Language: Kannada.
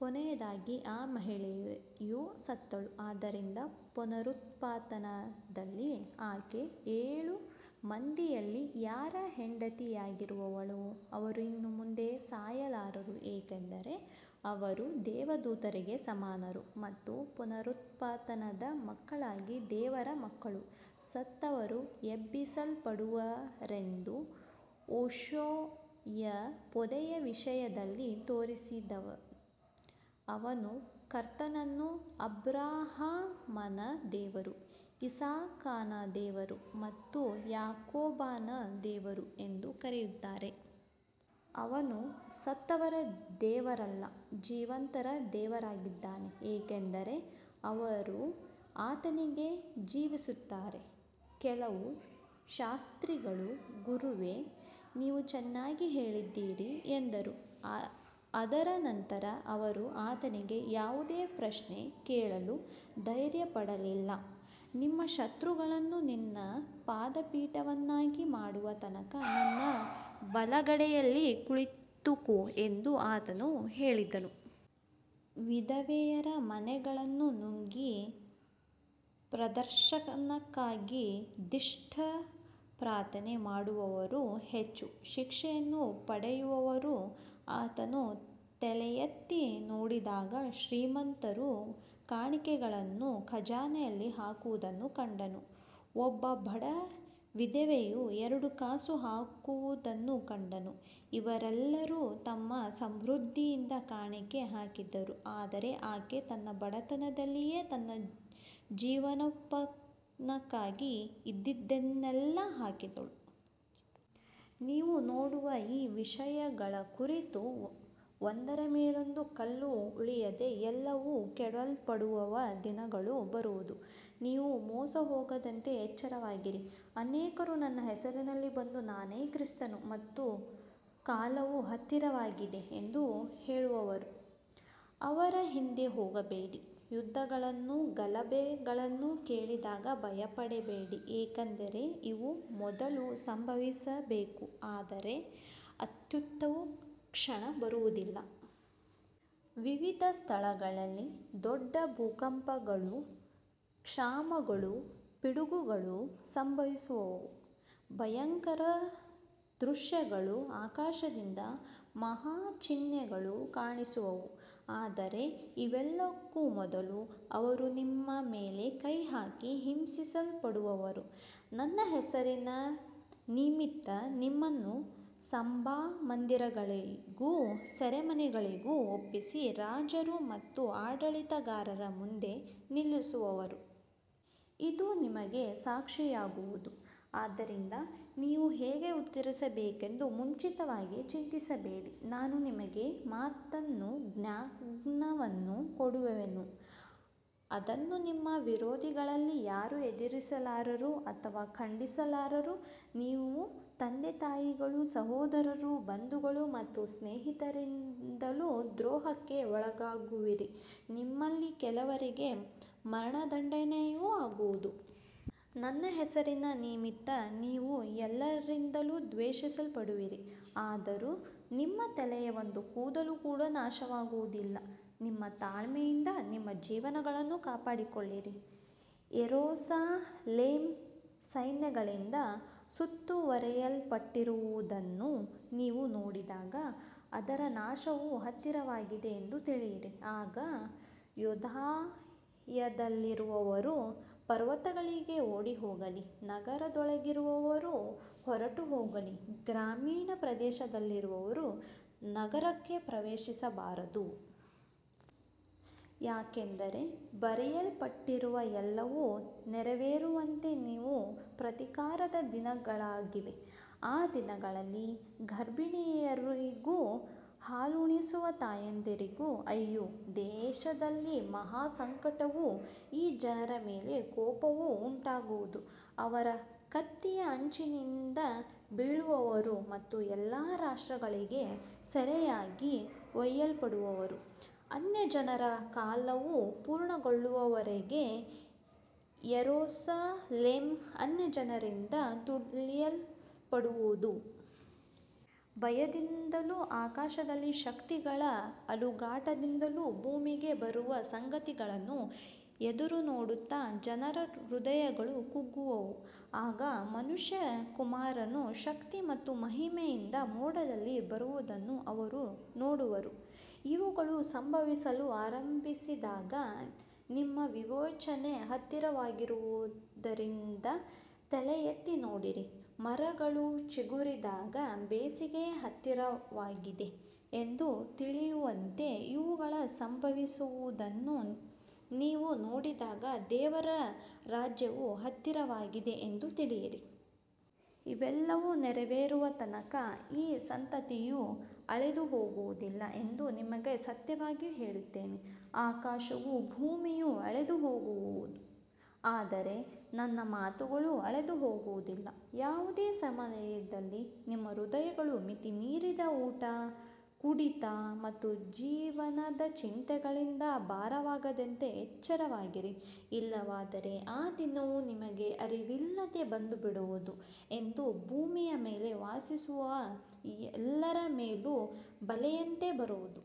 ಕೊನೆಯದಾಗಿ ಆ ಮಹಿಳೆಯೂ ಸತ್ತಳು. ಆದ್ದರಿಂದ ಪುನರುತ್ಥಾನದಲ್ಲಿ ಆಕೆ ಏಳು ಮಂದಿಯಲ್ಲಿ ಯಾರ ಹೆಂಡತಿಯಾಗಿರುವಳು. ಅವರು ಇನ್ನು ಮುಂದೆ ಸಾಯಲಾರರು, ಏಕೆಂದರೆ ಅವರು ದೇವದೂತರಿಗೆ ಸಮಾನರು ಮತ್ತು ಪುನರುತ್ಥಾನದ ಮಕ್ಕಳಾಗಿ ದೇವರ ಮಕ್ಕಳು. ಸತ್ತವರು ಎಬ್ಬಿಸಲ್ಪಡುವರೆಂದು ಮೋಶೆಯು ಪೊದೆಯ ವಿಷಯದಲ್ಲಿ ತೋರಿಸಿದನು. ಅವನು ಕರ್ತನನ್ನು ಅಬ್ರಹಾಮನ ದೇವರು, ಇಸಾಕನ ದೇವರು ಮತ್ತು ಯಾಕೋಬನ ದೇವರು ಎಂದು ಕರೆಯುತ್ತಾನೆ. ಆತನು ಸತ್ತವರ ದೇವರಲ್ಲ, ಜೀವಂತರ ದೇವರಾಗಿದ್ದಾನೆ, ಏಕೆಂದರೆ ಎಲ್ಲರೂ ಆತನಿಗೆ ಜೀವಿಸುತ್ತಾರೆ. ಕೆಲವು ಶಾಸ್ತ್ರಿಗಳು, ಗುರುವೇ, ನೀವು ಚೆನ್ನಾಗಿ ಹೇಳಿದ್ದೀರಿ ಎಂದರು. ಅದರ ನಂತರ ಅವರು ಆತನಿಗೆ ಯಾವುದೇ ಪ್ರಶ್ನೆ ಕೇಳಲು ಧೈರ್ಯಪಡಲಿಲ್ಲ. ನಿಮ್ಮ ಶತ್ರುಗಳನ್ನು ನಿನ್ನ ಪಾದಪೀಠವನ್ನಾಗಿ ಮಾಡುವ ತನಕ ನನ್ನ ಬಲಗಡೆಯಲ್ಲಿ ಕುಳಿತುಕೋ ಎಂದು ಆತನು ಹೇಳಿದನು. ವಿಧವೆಯರ ಮನೆಗಳನ್ನು ನುಂಗಿ ಪ್ರದರ್ಶನಕ್ಕಾಗಿ ದೀರ್ಘ ಪ್ರಾರ್ಥನೆ ಮಾಡುವವರು ಹೆಚ್ಚು ಶಿಕ್ಷೆಯನ್ನು ಪಡೆಯುವರು. ಆತನು ತಲೆಯೆತ್ತಿ ನೋಡಿದಾಗ ಶ್ರೀಮಂತರು ಕಾಣಿಕೆಗಳನ್ನು ಖಜಾನೆಯಲ್ಲಿ ಹಾಕುವುದನ್ನು ಕಂಡನು. ಒಬ್ಬ ಬಡ ವಿಧವೆಯು ಎರಡು ಕಾಸು ಹಾಕುವುದನ್ನೂ ಕಂಡನು. ಇವರೆಲ್ಲರೂ ತಮ್ಮ ಸಮೃದ್ಧಿಯಿಂದ ಕಾಣಿಕೆ ಹಾಕಿದರು, ಆದರೆ ಆಕೆ ತನ್ನ ಬಡತನದಲ್ಲಿಯೇ ತನ್ನ ಜೀವನೋಪಾಯಕ್ಕೆ ಇದ್ದದ್ದನ್ನೆಲ್ಲ ಹಾಕಿದಳು. ನೀವು ನೋಡುವ ಈ ವಿಷಯಗಳ ಕುರಿತು, ಒಂದರ ಮೇಲೊಂದು ಕಲ್ಲು ಉಳಿಯದೆ ಎಲ್ಲವೂ ಕೆಡವಲ್ಪಡುವ ದಿನಗಳು ಬರುವವು. ನೀವು ಮೋಸಹೋಗದಂತೆ ಎಚ್ಚರವಾಗಿರಿ. ಅನೇಕರು ನನ್ನ ಹೆಸರಿನಲ್ಲಿ ಬಂದು, ನಾನೇ ಕ್ರಿಸ್ತನು ಮತ್ತು ಕಾಲವು ಹತ್ತಿರವಾಗಿದೆ ಎಂದು ಹೇಳುವರು. ಅವರ ಹಿಂದೆ ಹೋಗಬೇಡಿ. ಯುದ್ಧಗಳನ್ನೂ ಗಲಭೆಗಳನ್ನೂ ಕೇಳಿದಾಗ ಭಯಪಡಬೇಡಿ, ಏಕೆಂದರೆ ಇವು ಮೊದಲು ಸಂಭವಿಸಬೇಕು, ಆದರೆ ಅಂತ್ಯವು ತಕ್ಷಣ ಬರುವುದಿಲ್ಲ. ವಿವಿಧ ಸ್ಥಳಗಳಲ್ಲಿ ದೊಡ್ಡ ಭೂಕಂಪಗಳೂ ಕ್ಷಾಮಗಳೂ ಪಿಡುಗುಗಳೂ ಸಂಭವಿಸುವವು. ಭಯಂಕರ ದೃಶ್ಯಗಳೂ ಆಕಾಶದಿಂದ ಮಹಾ ಚಿಹ್ನೆಗಳೂ ಕಾಣಿಸುವವು. ಆದರೆ ಇವೆಲ್ಲಕ್ಕೂ ಮೊದಲು ಅವರು ನಿಮ್ಮ ಮೇಲೆ ಕೈಹಾಕಿ ಹಿಂಸೆಪಡಿಸುವರು. ನನ್ನ ಹೆಸರಿನ ನಿಮಿತ್ತ ನಿಮ್ಮನ್ನು ಸಭಾಮಂದಿರಗಳಿಗೂ ಸೆರೆಮನೆಗಳಿಗೂ ಒಪ್ಪಿಸಿ, ರಾಜರು ಮತ್ತು ಆಡಳಿತಗಾರರ ಮುಂದೆ ನಿಲ್ಲಿಸುವರು. ಇದು ನಿಮಗೆ ಸಾಕ್ಷಿಯಾಗುವುದು. ಆದ್ದರಿಂದ ನೀವು ಹೇಗೆ ಉತ್ತರಿಸಬೇಕೆಂದು ಮುಂಚಿತವಾಗಿ ಚಿಂತಿಸಬೇಡಿ. ನಾನು ನಿಮಗೆ ಮಾತನ್ನೂ ಜ್ಞಾನವನ್ನೂ ಕೊಡುವೆನು, ಅದನ್ನು ನಿಮ್ಮ ವಿರೋಧಿಗಳಲ್ಲಿ ಯಾರೂ ಎದುರಿಸಲಾರರು ಅಥವಾ ಖಂಡಿಸಲಾರರು. ನೀವು ತಂದೆತಾಯಿಗಳು, ಸಹೋದರರು, ಬಂಧುಗಳು ಮತ್ತು ಸ್ನೇಹಿತರಿಂದಲೂ ದ್ರೋಹಕ್ಕೆ ಒಳಗಾಗುವಿರಿ. ನಿಮ್ಮಲ್ಲಿ ಕೆಲವರಿಗೆ ಮರಣದಂಡನೆಯೂ ಆಗುವುದು. ನನ್ನ ಹೆಸರಿನ ನಿಮಿತ್ತ ನೀವು ಎಲ್ಲರಿಂದಲೂ ದ್ವೇಷಿಸಲ್ಪಡುವಿರಿ. ಆದರೂ ನಿಮ್ಮ ತಲೆಯ ಒಂದು ಕೂದಲು ಕೂಡ ನಾಶವಾಗುವುದಿಲ್ಲ. ನಿಮ್ಮ ತಾಳ್ಮೆಯಿಂದ ನಿಮ್ಮ ಜೀವಗಳನ್ನು ಕಾಪಾಡಿಕೊಳ್ಳಿರಿ. ಯೆರೂಸಲೇಮ್ ಸೈನ್ಯಗಳಿಂದ ಸುತ್ತುವರಿಯಲ್ಪಟ್ಟಿರುವುದನ್ನು ನೀವು ನೋಡಿದಾಗ ಅದರ ನಾಶವು ಹತ್ತಿರವಾಗಿದೆ ಎಂದು ತಿಳಿಯಿರಿ. ಆಗ ಯೂದಾಯದಲ್ಲಿರುವವರು ಪರ್ವತಗಳಿಗೆ ಓಡಿಹೋಗಲಿ, ನಗರದೊಳಗಿರುವವರು ಹೊರಟುಹೋಗಲಿ, ಗ್ರಾಮೀಣ ಪ್ರದೇಶದಲ್ಲಿರುವವರು ನಗರಕ್ಕೆ ಪ್ರವೇಶಿಸಬಾರದು. ಯಾಕಂದರೆ ಬರೆಯಲ್ಪಟ್ಟಿರುವ ಎಲ್ಲವೂ ನೆರವೇರುವಂತೆ ಇವು ಪ್ರತೀಕಾರದ ದಿನಗಳಾಗಿವೆ. ಆ ದಿನಗಳಲ್ಲಿ ಗರ್ಭಿಣಿಯರಿಗೂ ಹಾಲುಣಿಸುವ ತಾಯಂದಿರಿಗೂ ಅಯ್ಯೋ. ದೇಶದಲ್ಲಿ ಮಹಾ ಸಂಕಟವೂ ಈ ಜನರ ಮೇಲೆ ಕೋಪವೂ ಉಂಟಾಗುವುದು. ಅವರು ಕತ್ತಿಯ ಅಂಚಿನಿಂದ ಬೀಳುವರು ಮತ್ತು ಎಲ್ಲಾ ರಾಷ್ಟ್ರಗಳಿಗೆ ಸೆರೆಯಾಗಿ ಒಯ್ಯಲ್ಪಡುವರು. ಅನ್ಯಜನರ ಕಾಲವು ಪೂರ್ಣಗೊಳ್ಳುವವರೆಗೆ ಯೆರೂಸಲೇಮ್ ಅನ್ಯಜನರಿಂದ ತುಳಿಯಲ್ಪಡುವುದು. ಭಯದಿಂದಲೂ ಆಕಾಶದ ಶಕ್ತಿಗಳ ಅಲುಗಾಟದಿಂದಲೂ ಭೂಮಿಗೆ ಬರುವ ಸಂಗತಿಗಳನ್ನು ಎದುರುನೋಡುತ್ತಾ ಜನರ ಹೃದಯಗಳು ಕುಗ್ಗುವವು. ಆಗ ಮನುಷ್ಯಕುಮಾರನು ಶಕ್ತಿ ಮತ್ತು ಮಹಿಮೆಯಿಂದ ಮೋಡದಲ್ಲಿ ಬರುವುದನ್ನು ಅವರು ನೋಡುವರು. ಇವುಗಳು ಸಂಭವಿಸಲು ಆರಂಭಿಸಿದಾಗ ನಿಮ್ಮ ವಿಮೋಚನೆ ಹತ್ತಿರವಾಗಿರುವುದರಿಂದ ತಲೆ ಎತ್ತಿ ನೋಡಿರಿ. ಮರಗಳು ಚಿಗುರಿದಾಗ ಬೇಸಿಗೆ ಹತ್ತಿರವಾಗಿದೆ ಎಂದು ತಿಳಿಯುವಂತೆ, ಇವುಗಳು ಸಂಭವಿಸುವುದನ್ನು ನೀವು ನೋಡಿದಾಗ ದೇವರ ರಾಜ್ಯವು ಹತ್ತಿರವಾಗಿದೆ ಎಂದು ತಿಳಿಯಿರಿ. ಇವೆಲ್ಲವೂ ನೆರವೇರುವ ತನಕ ಈ ಸಂತತಿಯು ಅಳಿದುಹೋಗುವುದಿಲ್ಲ ಎಂದು ನಿಮಗೆ ಸತ್ಯವಾಗಿ ಹೇಳುತ್ತೇನೆ. ಆಕಾಶವೂ ಭೂಮಿಯೂ ಅಳಿದುಹೋಗುವವು, ಆದರೆ ನನ್ನ ಮಾತುಗಳು ಅಳಿದುಹೋಗುವುದಿಲ್ಲ. ಯಾವುದೇ ಸಮಯದಲ್ಲಿ ನಿಮ್ಮ ಹೃದಯಗಳು ಮಿತಿಮೀರಿದ ಊಟ, ಕುಡಿತ ಮತ್ತು ಜೀವನದ ಚಿಂತೆಗಳಿಂದ ಭಾರವಾಗದಂತೆ ಎಚ್ಚರವಾಗಿರಿ. ಇಲ್ಲವಾದರೆ ಆ ದಿನವು ನಿಮಗೆ ಅರಿವಿಲ್ಲದೆ ಬಂದುಬಿಡುವುದು. ಅದು ಭೂಮಿಯ ಮೇಲೆ ವಾಸಿಸುವ ಎಲ್ಲರ ಮೇಲೂ ಬಲೆಯಂತೆ ಬರುವುದು.